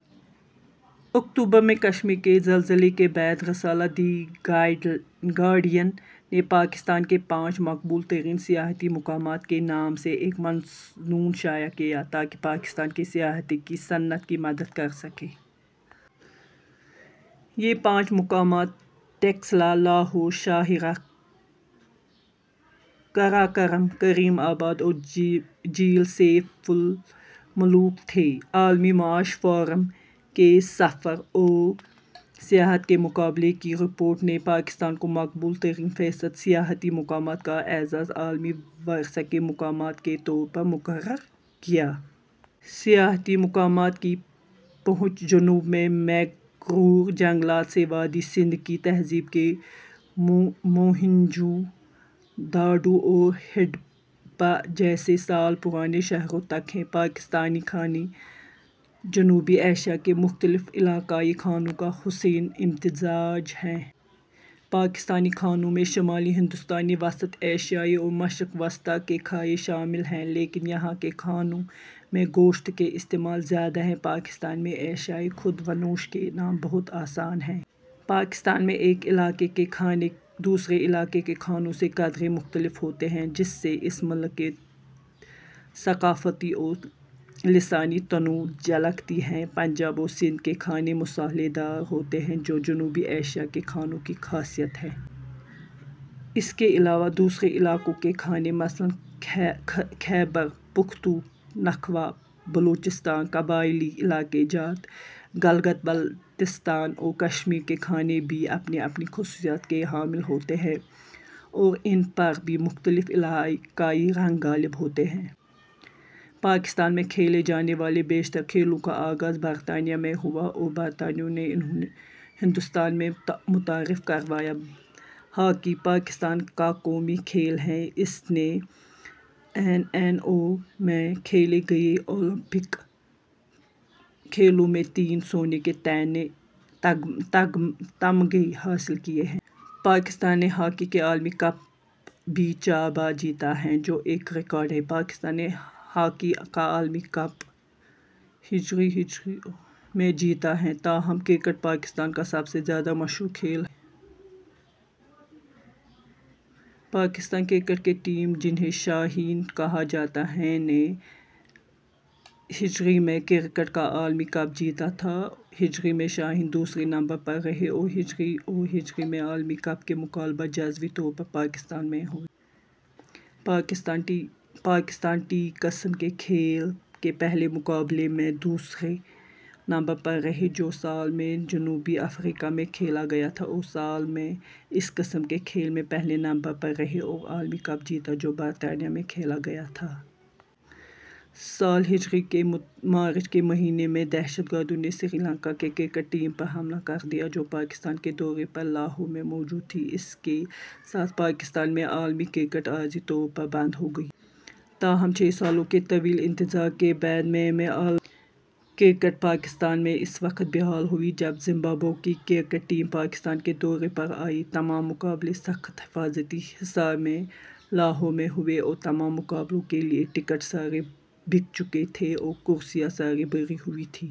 اکتوبر ءمیں کشمیر کے زلزلے کے بعد رسالہ دی گارڈین نے پاکستان کے پانچ مقبول ترین سیاحتی مقامات کے نام سے ایک مضمون شائع کیا تاکہ پاکستان کی سیاحتی کی صنعت کی مدد کر سکے۔ یہ پانچ مقامات ٹیکسلا ، لاہور ، شاہراہ قراقرم ، کریم آباد اور جھیل سیف الملوک تہے۔ عالمی معاشی فورم کے سفر اور سیاحت کے مقابلے کی رپورٹ نے پاکستان کو مقبول ترین فیصد سیاحتی مقامات کا اعزاز عالمی ورثہ کے مقامات کے طور پر مقرر کیا۔ سیاحتی مقامات کی پہنچ جنوب میں مینگروو جنگلات سے وادئ سندھ کی تہذیب کے موہنجو داڑو اور ہڑپہ جیسے سال پرانے شہروں تک ہے۔ پاکستانی کھانے جنوبی ایشیا کے مختلف علاقائی کھانوں کا حسین امتزاج ہیں۔ پاکستانی کھانوں میں شمالی ھندوستانی، وسط ایشیائی اور مشرق وسطیٰ کے کھانے شامل ہیں لیکن یہاں کے کھانوں میں گوشت کا استعمال زیادہ ہے۔ پاکستان میں اشیائے خور و نوش کے نام بہت آسان ہیں۔ پاکستان میں ایک علاقے کے کھانے دوسرے علاقے کے کھانوں سے قدرے مختلف ہوتے ہیں جس سے اس ملک کی ثقافتی اور لسانی تنوع جھلکتی ہے۔ پنجاب اور سندھ کے کھانے مصالحے دار ہوتے ہیں جو جنوبی ایشیا کے کھانوں کی خاصیت ہے۔ اس کے علاوہ دوسرے علاقوں کے کھانے مثلاً خیبر پختونخوا، بلوچستان، قبائیلی علاقہ جات، گلگت بلتستان اور کشمیر کے کھانے بھی اپنی اپنی خصوصیات کے حامل ہوتے ہیں اور ان پر بھی مختلف علاقائی رنگ غالب ہوتے ہیں۔ پاکستان میں کھیلے جانے والے بیشتر کھیلوں کا آغاز برطانیہ میں ہوا اور برطانویوں نے انھیں ہندوستان میں متعارف کروایا۔ ہاکی پاکستان کا قومی کھیل ہے۔ اس نے ء، ء اور ء میں کھیلے گئے اولمپک کھیلوں میں تین سونے کے طمغے حاصل کیے ہیں۔ پاکستان نے ہاکی کا عالمی کپ بھی چار بار جیتا ہے جو ایک ریکارڈ ہے۔ پاکستان نے ہاکی کا عالمی کپ ء، ء، ء اور ء میں جیتا ہے۔ تاہم، کرکٹ پاکستان کا سب سے زیادہ مشہور کھیل ہے۔ پاکستان کرکٹ کے ٹیم، جنھیں شاہین کہا جاتا ہے، نے ء میں کرکٹ کا عالمی کپ جیتا تھا۔ ءمیں شاھین دوسرے نمبر پر رہے۔ اور ء اور ء میں عالمی کپ کے مقابلے جزوی طور پر پاکستان میں ہوئے۔ پاکستان ٹی قسم کے کھیل کے پہلے مقابلے میں دوسرے نمبر پر رہے جو سال ء میں جنوبی افریقا میں کھیلا گیا تھا۔ اور سال ء میں اسی قسم کے کھیل میں پہلے نمبر پر رہے اور عالمی کپ جیتا جو برطانیہ میں کھیلا گیا تھا۔ سال ء کے مارچ کے مہینے میں دہشت گردوں نے سری لنکا کے کرکٹ ٹیم پر حملہ کر دیا جو پاکستان کے دورے پر لاہور میں موجود تھی اور اسی کے ساتھ پاکستان میں عالمی کرکٹ عارضی طور پر بند ہو گئی۔ تاہم چھ سالوں کے طویل انتظار کے بعد مئی ء میں عالمی کرکٹ پاکستان میں اس وقت بحال ہوئی جب زمبابوے کی کرکٹ ٹیم پاکستان کے دورے پر آئی۔ تمام مقابلے سخت حفاظتی حصار میں لاہور میں ہوئے اور تمام مقابلوں کے لیے ٹکٹ سارے بک چکے تھے اور کرسیاں ساری بھری ہوئی تھیں۔